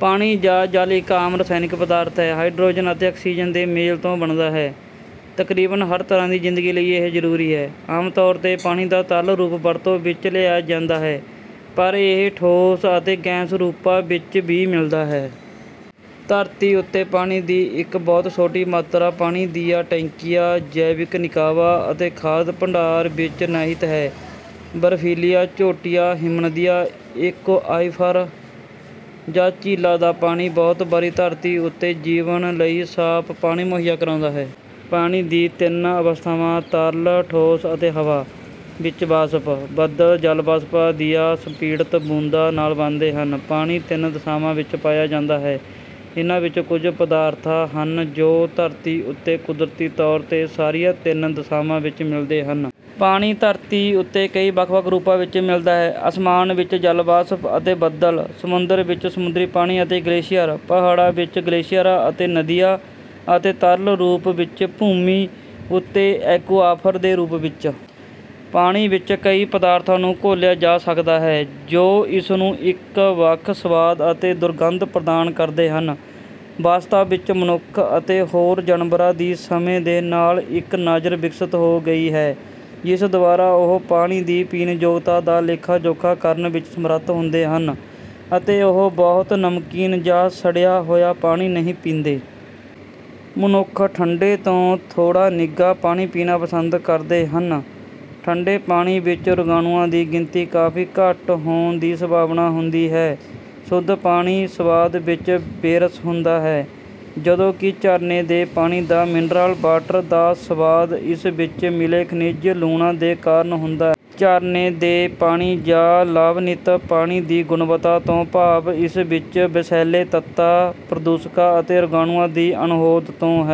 ਪਾਣੀ ਜਾਂ ਜਲ ਇੱਕ ਆਮ ਰਾਸਾਇਣਕ ਪਦਾਰਥ ਹੈ ਹਾਈਡ੍ਰੋਜਨ ਅਤੇ ਆਕਸੀਜਨ ਦੇ ਮੇਲ ਤੋਂ ਬਣਦਾ ਹੈ। ਤਕਰੀਬਨ ਹਰ ਤਰ੍ਹਾਂ ਦੀ ਜ਼ਿੰਦਗੀ ਲਈ ਇਹ ਜ਼ਰੂਰੀ ਹੈ। ਆਮ ਤੌਰ 'ਤੇ ਪਾਣੀ ਦਾ ਤਰਲ ਰੂਪ ਵਰਤੋਂ ਵਿੱਚ ਲਿਆਇਆ ਜਾਂਦਾ ਹੈ ਪਰ ਇਹ ਠੋਸ ਅਤੇ ਗੈਸ ਰੂਪਾਂ ਵਿੱਚ ਵੀ ਮਿਲਦਾ ਹੈ। ਧਰਤੀ ਉੱਤੇ ਪਾਣੀ ਦੀ ਇੱਕ ਬਹੁਤ ਛੋਟੀ ਮਾਤਰਾ ਪਾਣੀ ਦੀਆਂ ਟੈਂਕੀਆਂ, ਜੈਵਿਕ ਨਿਕਾਵਾਂ ਅਤੇ ਖਾਧ ਭੰਡਾਰ ਵਿੱਚ ਨਹਿਤ ਹੈ। ਬਰਫ਼ੀਲੀਆਂ ਚੋਟੀਆਂ, ਹਿਮਨਦੀਆਂ, ਏਕੁਆਵੀਫ਼ਰ ਜਾਂ ਝੀਲਾਂ ਦਾ ਪਾਣੀ ਬਹੁਤ ਵਾਰ ਧਰਤੀ ਉੱਤੇ ਜੀਵਨ ਲਈ ਸਾਫ਼ ਪਾਣੀ ਮੁਹੱਈਆ ਕਰਾਉਂਦਾ ਹੈ। ਪਾਣੀ ਦੀ ਤਿੰਨ ਅਵਸਥਾਵਾਂ: ਤਰਲ, ਠੋਸ, ਅਤੇ ਹਵਾ ਵਿੱਚ ਵਾਸ਼ਪ। ਬੱਦਲ ਜਲ ਵਾਸ਼ਪਾਂ ਦੀਆਂ ਸੰਪੀੜਤ ਬੂੰਦਾਂ ਨਾਲ ਬਣਦੇ ਹਨ। ਪਾਣੀ ਤਿੰਨ ਦਸ਼ਾਵਾਂ ਵਿੱਚ ਪਾਇਆ ਜਾਂਦਾ ਹੈ, ਇਨ੍ਹਾਂ ਵਿੱਚੋਂ ਕੁੱਝ ਪਦਾਰਥਾਂ ਹਨ ਜੋ ਧਰਤੀ ਉੱਤੇ ਕੁਦਰਤੀ ਤੌਰ 'ਤੇ ਸਾਰੀਆਂ ਤਿੰਨ ਦਸ਼ਾਵਾਂ ਵਿੱਚ ਮਿਲਦੇ ਹਨ। ਪਾਣੀ ਧਰਤੀ ਉੱਤੇ ਕਈ ਵੱਖ ਵੱਖ ਰੂਪਾਂ ਵਿੱਚ ਮਿਲਦਾ ਹੈ: ਅਸਮਾਨ ਵਿੱਚ ਜਲ ਵਾਸ਼ਪ ਅਤੇ ਬੱਦਲ; ਸਮੁੰਦਰ ਵਿੱਚ ਸਮੁੰਦਰੀ ਪਾਣੀ ਅਤੇ ਗਲੇਸ਼ੀਅਰਾਂ; ਪਹਾੜਾਂ ਵਿੱਚ ਗਲੇਸ਼ੀਅਰਾਂ ਅਤੇ ਨਦੀਆਂ; ਅਤੇ ਤਰਲ ਰੂਪ ਵਿੱਚ ਭੂਮੀ ਉੱਤੇ ਏਕੁਆਫਰ ਦੇ ਰੂਪ ਵਿੱਚ। ਪਾਣੀ ਵਿੱਚ ਕਈ ਪਦਾਰਥਾਂ ਨੂੰ ਘੋਲਿਆ ਜਾ ਸਕਦਾ ਹੈ ਜੋ ਇਸਨੂੰ ਇੱਕ ਵੱਖ ਸਵਾਦ ਅਤੇ ਦੁਰਗੰਧ ਪ੍ਰਦਾਨ ਕਰਦੇ ਹਨ। ਵਾਸਤਵ ਵਿੱਚ, ਮਨੁੱਖ ਅਤੇ ਹੋਰ ਜਾਨਵਰਾਂ ਦੀ ਸਮੇਂ ਦੇ ਨਾਲ ਇੱਕ ਨਜ਼ਰ ਵਿਕਸਿਤ ਹੋ ਗਈ ਹੈ ਜਿਸ ਦੁਆਰਾ ਉਹ ਪਾਣੀ ਦੀ ਪੀਣਯੋਗਤਾ ਦਾ ਲੇਖਾ ਜੋਖਾ ਕਰਨ ਵਿੱਚ ਸਮਰੱਥ ਹੁੰਦੇ ਹਨ ਅਤੇ ਉਹ ਬਹੁਤ ਨਮਕੀਨ ਜਾਂ ਸੜਿਆ ਹੋਇਆ ਪਾਣੀ ਨਹੀਂ ਪੀਂਦੇ। ਮਨੁੱਖ ਠੰਡੇ ਤੋਂ ਥੋੜਾ ਨਿੱਘਾ ਪਾਣੀ ਪੀਣਾ ਪਸੰਦ ਕਰਦੇ ਹਨ; ਠੰਡੇ ਪਾਣੀ ਵਿੱਚ ਰੋਗਾਣੂਆਂ ਦੀ ਗਿਣਤੀ ਕਾਫ਼ੀ ਘੱਟ ਹੋਣ ਦੀ ਸੰਭਾਵਨਾ ਹੁੰਦੀ ਹੈ। ਸ਼ੁੱਧ ਪਾਣੀ ਸਵਾਦ ਵਿੱਚ ਬੇਰਸ ਹੁੰਦਾ ਹੈ ਜਦੋਂ ਕਿ ਝਰਨੇ ਦੇ ਪਾਣੀ ਜਾਂ ਮਿਨਰਲ ਵਾਟਰ ਦਾ ਸਵਾਦ ਇਸ ਵਿੱਚ ਮਿਲੇ ਖਣਿਜ ਲੂਣਾਂ ਦੇ ਕਾਰਨ ਹੁੰਦਾ ਹੈ। ਝਰਨੇ ਦੇ ਪਾਣੀ ਜਾਂ ਲਵਣਿਤ ਪਾਣੀ ਦੀ ਗੁਣਵੱਤਾ ਤੋਂ ਭਾਵ ਇਸ ਵਿੱਚ ਵਿਸ਼ੈਲੇ ਤੱਤਾਂ, ਪ੍ਰਦੂਸ਼ਕਾਂ ਅਤੇ ਰੋਗਾਣੂਆਂ ਦੀ ਅਣਹੋਂਦ ਤੋਂ ਹੈ।